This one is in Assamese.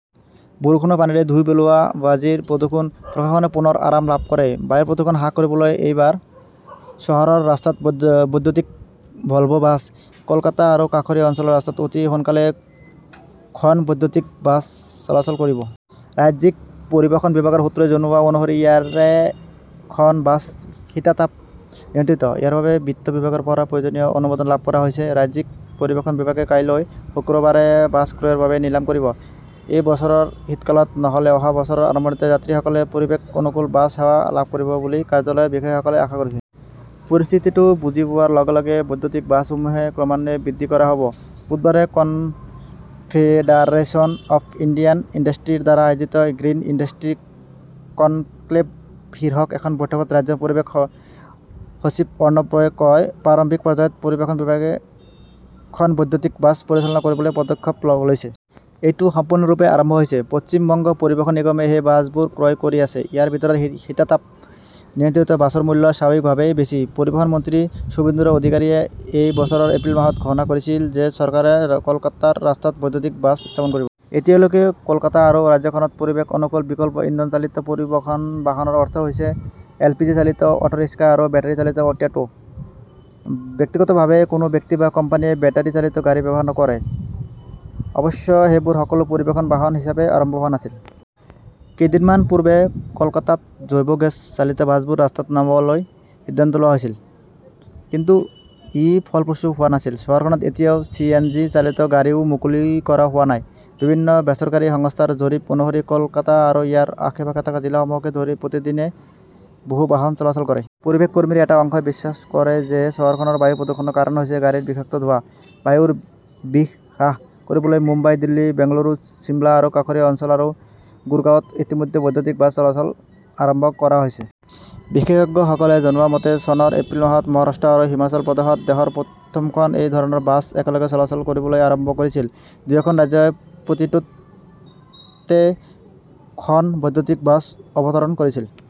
বৰষুণৰ পানীৰে ধুই পেলোৱা বাজিৰ প্ৰদূষণ, প্ৰশাসনে পুনৰ আৰাম লাভ কৰে বায়ু প্ৰদূষণ হ্ৰাস কৰিবলৈ এইবাৰ চহৰৰ ৰাস্তাত বৈদ্যুতিক ভলভো বাছ। কলকাতা আৰু কাষৰীয়া অঞ্চলৰ ৰাস্তাত অতি সোনকালেই খন বৈদ্যুতিক বাছ চলাচল কৰিব। ৰাজ্যিক পৰিবহণ বিভাগৰ সূত্ৰই জনোৱা অনুসৰি ইয়াৰে খন বাছ শীতাতপ নিয়ন্ত্ৰিত। ইয়াৰ বাবে বিত্ত বিভাগৰ পৰা প্ৰয়োজনীয় অনুমোদন লাভ কৰা হৈছে। ৰাজ্যিক পৰিবহণ বিভাগে কাইলৈ, শুক্ৰবাৰে বাছ ক্ৰয়ৰ বাবে নিলাম কৰিব। এই বছৰৰ শীতকালত, নহলে অহা বছৰৰ আৰম্ভণিতে যাত্ৰীসকলে পৰিৱেশ অনুকূল বাছ সেৱা লাভ কৰিব বুলি কাৰ্যালয়ৰ বিষয়াসকলে আশা কৰিছে। পৰিস্থিতিটো বুজি পোৱাৰ লগে-লগে বৈদ্যুতিক বাছসমূহ ক্ৰমান্বয়ে বৃদ্ধি কৰা হব। বুধবাৰে কনফেডাৰেচন অৱ ইণ্ডিয়ান ইণ্ডাষ্ট্ৰী ৰ দ্বাৰা আয়োজিত 'গ্ৰীণ ইণ্ডাষ্ট্ৰী কনক্লেভ শীৰ্ষক এখন বৈঠকত ৰাজ্যৰ পৰিৱেশ সচিব অৰ্ণব ৰয়ে কয়, প্ৰাৰম্ভিক পৰ্যায়ত পৰিবহণ বিভাগে খন বৈদ্যুতিক বাছ পৰিচালনা কৰিবলৈ পদক্ষেপ লৈছে। এইটো সম্পূৰ্ণৰূপে আৰম্ভ হৈছে। পশ্চিম বংগ পৰিবহণ নিগমে সেই বাছবোৰ ক্ৰয় কৰি আছে। ইয়াৰ ভিতৰত শীতাতপ নিয়ন্ত্ৰিত বাছৰ মূল্য স্বাভাৱিকভাৱেই বেছি। পৰিবহণ মন্ত্ৰী সুভেন্দু অধিকাৰীয়ে এই বছৰৰ এপ্ৰিল মাহত ঘোষণা কৰিছিল যে চৰকাৰে কলকাতাৰ ৰাস্তাত বৈদ্যুতিক বাছ স্থাপন কৰিব। এতিয়ালৈকে, কলকাতা আৰু ৰাজ্যখনত পৰিৱেশ-অনুকূল বিকল্প ইন্ধন-চালিত পৰিবহণ বাহনৰ অৰ্থ হৈছে এলপিজি-চালিত অটোৰিক্সা আৰু বেটাৰী-চালিত টোটো। ব্যক্তিগতভাৱে কোনো ব্যক্তি বা কোম্পানীয়ে বেটাৰী চালিত গাড়ী ব্যৱহাৰ কৰে। অৱশ্যে, সেইবোৰ সকলো পৰিবহণ বাহন হিচাপে আৰম্ভ হোৱা নাছিল। কেইদিনমান পূৰ্বে কলকাতাত জৈৱ গেছ চালিত বাছবোৰ ৰাস্তাত নামাবলৈ সিদ্ধান্ত লোৱা হৈছিল। কিন্তু ই ফলপ্ৰসূ হোৱা নাছিল। চহৰখনত এতিয়াও চি. এন. জি. -চালিত গাড়ীও মুকলি কৰা হোৱা নাই। বিভিন্ন বেচৰকাৰী সংস্থাৰ জৰীপ অনুসৰি, কলকাতা আৰু ইয়াৰ আশে-পাশে থকা জিলাসমূহকে ধৰি প্ৰতিদিনে বহু বাহন চলাচল কৰে। পৰিৱেশ কৰ্মীৰ এটা অংশই বিশ্বাস কৰে যে চহৰখনৰ বায়ু প্ৰদূষণৰ কাৰণ হৈছে গাড়ীৰ বিষাক্ত ধোঁৱা। বায়ুৰ বিষ হ্ৰাস কৰিবলৈ মুম্বাই, দিল্লী, বেংগালুৰু, চিমলা আৰু কাষৰীয়া অঞ্চল আৰু গুৰগাঁৱত ইতিমধ্যে বৈদ্যুতিক বাছ চলাচল আৰম্ভ কৰা হৈছে। বিশেষজ্ঞসকলে জনোৱা মতে, চনৰ এপ্ৰিল মাহত মহাৰাষ্ট্ৰ আৰু হিমাচল প্ৰদেশত দেশৰ প্ৰথমখন এই ধৰণৰ বাছ একেলগে চলাচল কৰিবলৈ আৰম্ভ কৰিছিল। দুয়োখন ৰাজ্যই প্ৰতিটোতে খন বৈদ্যুতিক বাছ অৱতৰণ কৰিছিল।